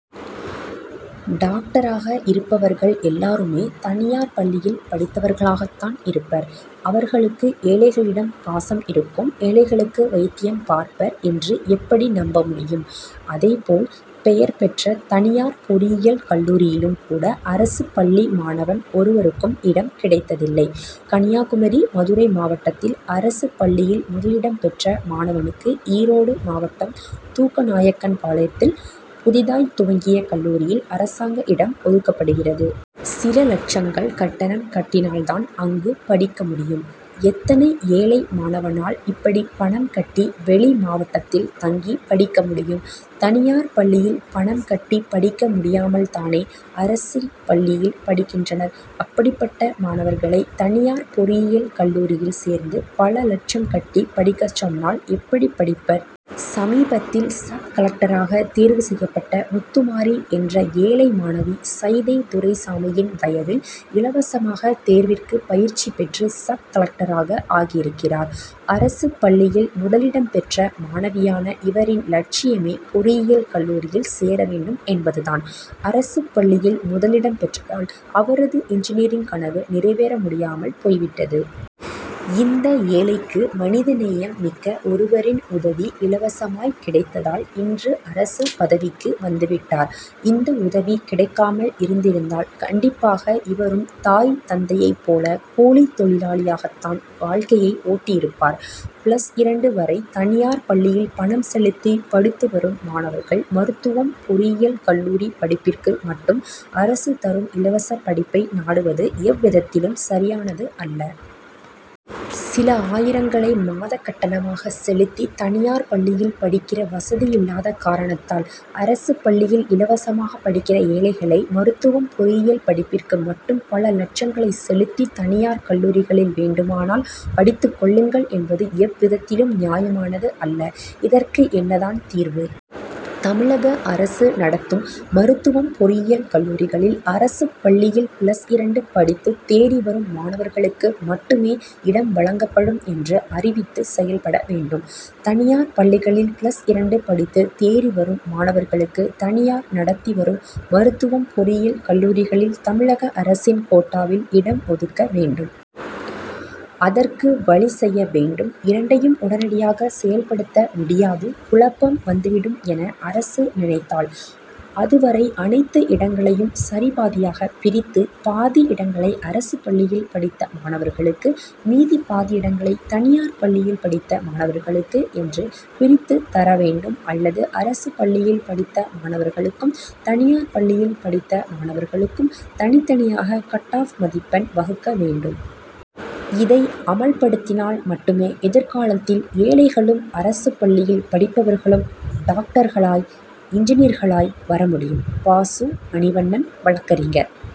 டாக்டராக இருப்பவர்கள் எல்லாருமே, தனியார் பள்ளியில் படித்தவர்களாகத்தான் இருப்பர். அவர்களுக்கு ஏழைகளிடம் பாசம் இருக்கும், ஏழைகளுக்கு வைத்தியம் பார்ப்பர் என்று எப்படி நம்ப முடியும்? அதே போல், பெயர் பெற்ற தனியார் பொறியியல் கல்லூரியிலும் கூட, அரசுப் பள்ளி மாணவன் ஒருவருக்கும் இடம் கிடைத்ததில்லை. கன்னியாகுமரி, மதுரை மாவட்டத்தில், அரசுப் பள்ளியில் முதலிடம் பெற்ற மாணவனுக்கு, ஈரோடு மாவட்டம் தூக்க நாயக்கன்பாளையத்தில் புதிதாய் துவங்கிய கல்லூரியில் அரசாங்க இடம் ஒதுக்கப்படுகிறது. சில லட்சங்கள் கட்டணம் கட்டினால் தான், அங்கு படிக்க முடியும். எத்தனை ஏழை மாணவனால் இப்படி பணம் கட்டி, வெளி மாவட்டத்தில் தங்கி படிக்க முடியும்? தனியார் பள்ளியில் பணம் கட்டி படிக்க முடியாமல் தானே, அரசு பள்ளியில் படிக்கின்றனர். அப்படிப்பட்ட மாணவர்களை தனியார் பொறியியல் கல்லூரியில் சேர்ந்து, பல லட்சம் கட்டி படிக்கச் சொன்னால் எப்படி படிப்பர்? சமீபத்தில், சப்-கலெக்டராக தேர்வு செய்யப்பட்ட முத்துமாரி என்ற ஏழை மாணவி, சைதை துரைசாமியின் தயவில், இலவசமாக தேர்விற்கு பயிற்சி பெற்று சப்-கலெக்டராக ஆகியிருக்கிறார். அரசுப் பள்ளியில் முதலிடம் பெற்ற மாணவியான இவரின் லட்சியமே பொறியியல் கல்லூரியில் சேர வேண்டும் என்பது தான். அரசுப் பள்ளியில் முதலிடம் பெற்றதால், அவரது இன்ஜினியரிங் கனவு நிறைவேற முடியாமல் போய்விட்டது. இந்த ஏழைக்கு, மனித நேயம் மிக்க ஒருவரின் உதவி இலவசமாய் கிடைத்ததால், இன்று அரசுப் பதவிக்கு வந்துவிட்டார். இந்த உதவி கிடைக்காமல் இருந்திருந்தால் கண்டிப்பாக இவரும் தாய், தந்தையைப் போல, கூலித் தொழிலாளியாகத் தான் வாழ்க்கையை ஓட்டியிருப்பர். பிளஸ் இரண்டு வரை தனியார் பள்ளியில் பணம் செலுத்தி படித்து வரும் மாணவர்கள், மருத்துவம், பொறியியல் கல்லூரி படிப்பிற்கு மட்டும், அரசு தரும் இலவச படிப்பை நாடுவது எவ்விதத்திலும் சரியானது அல்ல. சில ஆயிரங்களை மாதக் கட்டணமாக செலுத்தி, தனியார் பள்ளியில் படிக்கிற வசதி இல்லாத காரணத்தால் அரசுப் பள்ளியில் இலவசமாக படிக்கிற ஏழைகளை மருத்துவம், பொறியியல் படிப்பிற்கு மட்டும், பல லட்சங்களை செலுத்தி, தனியார் கல்லூரிகளில் வேண்டுமானால் படித்துக் கொள்ளுங்கள் என்பது எவ்விதத்திலும் நியாயமானது அல்ல. இதற்கு என்ன தான் தீர்வு? தமிழக அரசு நடத்தும் மருத்துவம், பொறியியல் கல்லூரிகளில் அரசுப் பள்ளியில் பிளஸ் இரண்டு படித்து தேறி வரும் மாணவர்களுக்கு மட்டுமே இடம் வழங்கப்படும் என்று அறிவித்து செயல்பட வேண்டும். தனியார் பள்ளிகளில் பிளஸ் இரண்டு படித்து தேறி வரும் மாணவர்களுக்கு தனியார் நடத்தி வரும் மருத்துவம், பொறியியல் கல்லூரிகளில், தமிழக அரசின் கோட்டாவில் இடம் ஒதுக்க வேண்டும். அதற்கு வழி செய்ய வேண்டும். இரண்டையும் உடனடியாக செயல்படுத்த முடியாது. குழப்பம் வந்துவிடும் என அரசு நினனத்தால், அதுவரை, அனைத்து இடங்களையும் சரிபாதியாக பிரித்து, பாதி இடங்களை அரசுப் பள்ளியில் படித்த மாணவர்களுக்கு, மீதிப் பாதி இடங்களை தனியார் பள்ளியில் படித்த மாணவர்களுக்கு என்று பிரித்து தர வேண்டும் அல்லது அரசுப் பள்ளியில் படித்த மாணவர்களுக்கும், தனியார் பள்ளியில் படித்த மாணவர்களுக்கும் தனித்தனியாக கட்-ஆப் மதிப்பெண் வகுக்க வேண்டும். இதை அமல்படுத்தினால் மட்டுமே, எதிர்காலத்தில் ஏழைகளும், அரசுப் பள்ளியில் படிப்பவர்களும், டாக்டர்களாய், இன்ஜினியர்களாய் வர முடியும். பா. சு. மணிவண்ணன்- வழக்கறிஞர்